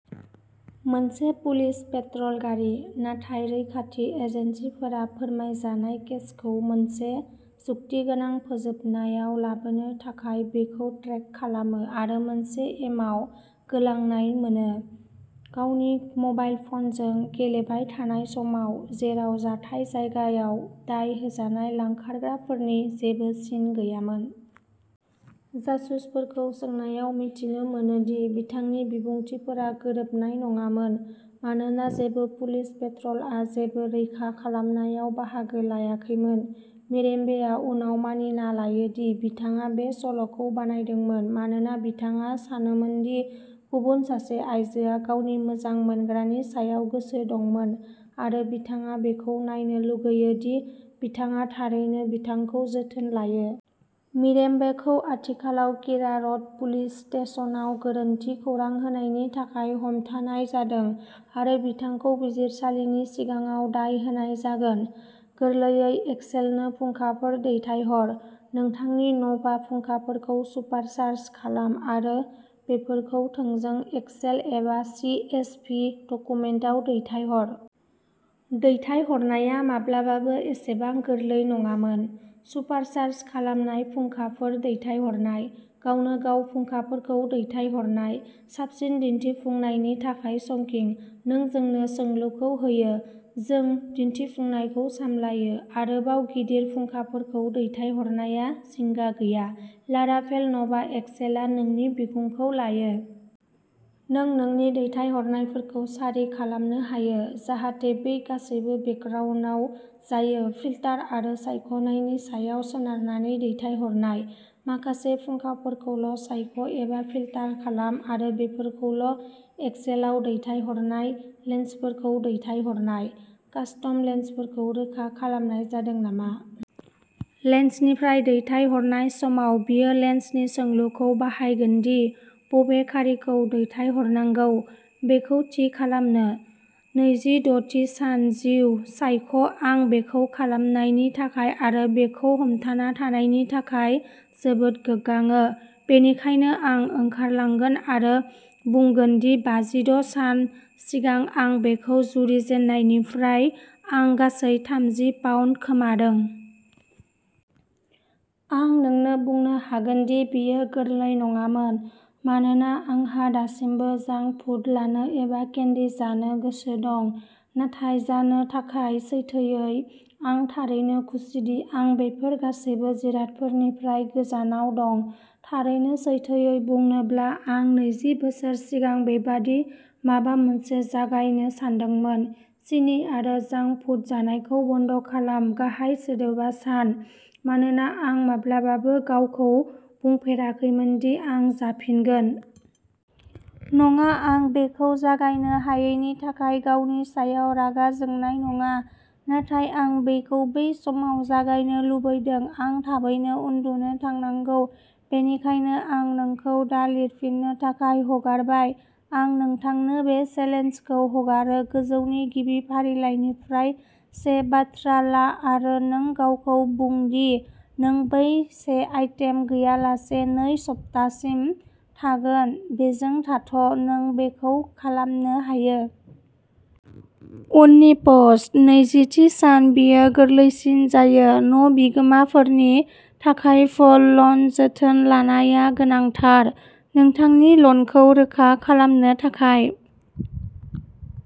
मोनसे police patrol गारि। नाथाय रैखाथि एजेन्सिफोरा फोरमायजानाय केसखौ मोनसे जुक्तिगोनां फोजोबनायाव लाबोनो थाखाय, बिखौ ट्रेक खालामो आरो मोनसे एमाव गोलांनाय मोनो, गावनि मबाइल फनजों गेलेबाय थानाय समाव, जेराव जाथाय जायगायाव दाय होजानाय लांखारग्राफोरनि जेबो सिन गैयामोन। जासुसफोरखौ सोंनायाव मिथिनो मोनो दि बिथांनि बिबुंथिफोरा गोरोबनाय नङामोन, मानोना जेबो पुलिस पेट्रलआ जेबो रैखा खालामनायाव बाहागो लायाखैमोन। मिरेम्बेआ उनाव मानिना लायो दि बिथाङा बे सल'खौ बानायदोंमोन मानोना बिथाङा सानोमोनदि गुबुन सासे आइजोआ गावनि मोजां मोनग्रानि सायाव गोसो दंमोन आरो बिथाङा बेखौ नायनो लुगैयो दि बिथाङा'थारैनो बिथांखौ जोथोन लायो'। मिरेम्बेखौ आथिखालाव किरा रड पुलिस स्टेशनाव गोरोन्थि खौरां होनायनि थाखाय हमथानाय जादों आरो बिथांखौ बिजिरसालिनि सिगाङाव दाय होनाय जागोन। गोरलैयै एक्सेलनो फुंखाफोर दैथायहर। नोंथांनि नभा फुंखाफोरखौ सुपारचार्ज खालाम आरो बेफोरखौ थोंजों एक्सेल एबा सि एस भि डकुमेन्टआव दैथायहर। दैथायहरनाया माब्लाबाबो एसेबां गोरलै नङामोन। सुपारचार्ज खालामनाय फुंखाफोर दैथायहरनाय। गावनो गाव फुंखाफोरखौ दैथायहरनाय। साबसिन दिन्थिफुंनायनि थाखाय चंकिं। नों जोंनो सोंलुखौ होयो, जों दिन्थिफुंनायखौ सामलायो। आरोबाव गिदिर फुंखाफोरखौ दैथायहरनाया जिंगा गैया, लाराभेल नभा एक्सेलआ नोंनि बिखुंखौ लायो। नों नोंनि दैथायहरनायफोरखौ सारि खालामनो हायो जाहाथे बे गासैबो बेकग्राउन्दआव जायो। फिल्टार आरो सायख'नायनि सायाव सोनारनानै दैथायहरनाय। माखासे फुंखाफोरखौल' सायख' एबा फिल्टार खालाम आरो बेफोरखौल' एक्सेलआव दैथायहरनाय लेन्सफोरखौ दैथायहरनाय। कास्टम लेन्सफोरखौ रोखा खालामनाय जादों नामा? लेन्सनिफ्राय दैथायहरनाय समाव, बेयो लेन्सनि सोंलुखौ बाहायगोन दि बबे खारिखौ दैथायहरनांगौ बेखौ थि खालामनो! नैजि द'थि सान-जिउ सायख' आं बेखौ खालामनायनि थाखाय आरो बेखौ हमथाना थानायनि थाखाय जोबोद गोग्गाङो। बेनिखायनो आं ओंखारलांगोन आरो बुंगोन दि बाजिद' सान सिगां आं बेखौ जुरिजेननायनिफ्राय आं गासै थामजि पाउन्द खोमादों। आं नोंनो बुंनो हागोन दि बेयो गोरलै नङामोन मानोना आंहा दासिमबो जांक फुड लानो एबा केन्डी जानो गोसो दं, नाथाय जानो थाखाय। सैथोयै, आं थारैनो खुसिदि आं बेफोर गासैबो जिरादफोरनिफ्राय गोजानाव दं। थारैनो सैथोयै बुंनोब्ला आं नैजि बोसोर सिगां बेबादि माबा मोनसे जागायनो सानदोंमोन, सिनि आरो जांक फुड जानायखौ बन्द खालाम गाहाय सोदोबा' सान' मानोना आं माब्लाबाबो गावखौ बुंफेराखैमोन दि आं जाफिनगोन। नङा, आं बेखौ जागायनो हायैनि थाखाय गावनि सायाव रागा जोंनाय नङा, नाथाय आं बेखौ बै समाव जागायनो लुबैदों। आं थाबैनो उन्दुनो थांनांगौ, बेनिखायनो आं नोंखौ दा लिरफिन्नो थाखाय हगारबाय। आं नोंथांनो बे चेलेन्जखौ हगारो-गोजौनि गिबि फारिलाइनिफ्राय से बाथ्रा ला आरो नों गावखौ बुं दि नों बै से आइटेम गैयालासे नै सप्तासिम थागोन बेजों थाथ ' नों बेखौ खालामनो हायो। उननि पस्ट नैजिथि सान-बेयो गोरलैसिन जायो न'बिगोमाफोरनि थाखाय फल लन जोथोन लानाया गोनांथार। नोंथांनि लनखौ रोखा खालामनो थाखाय।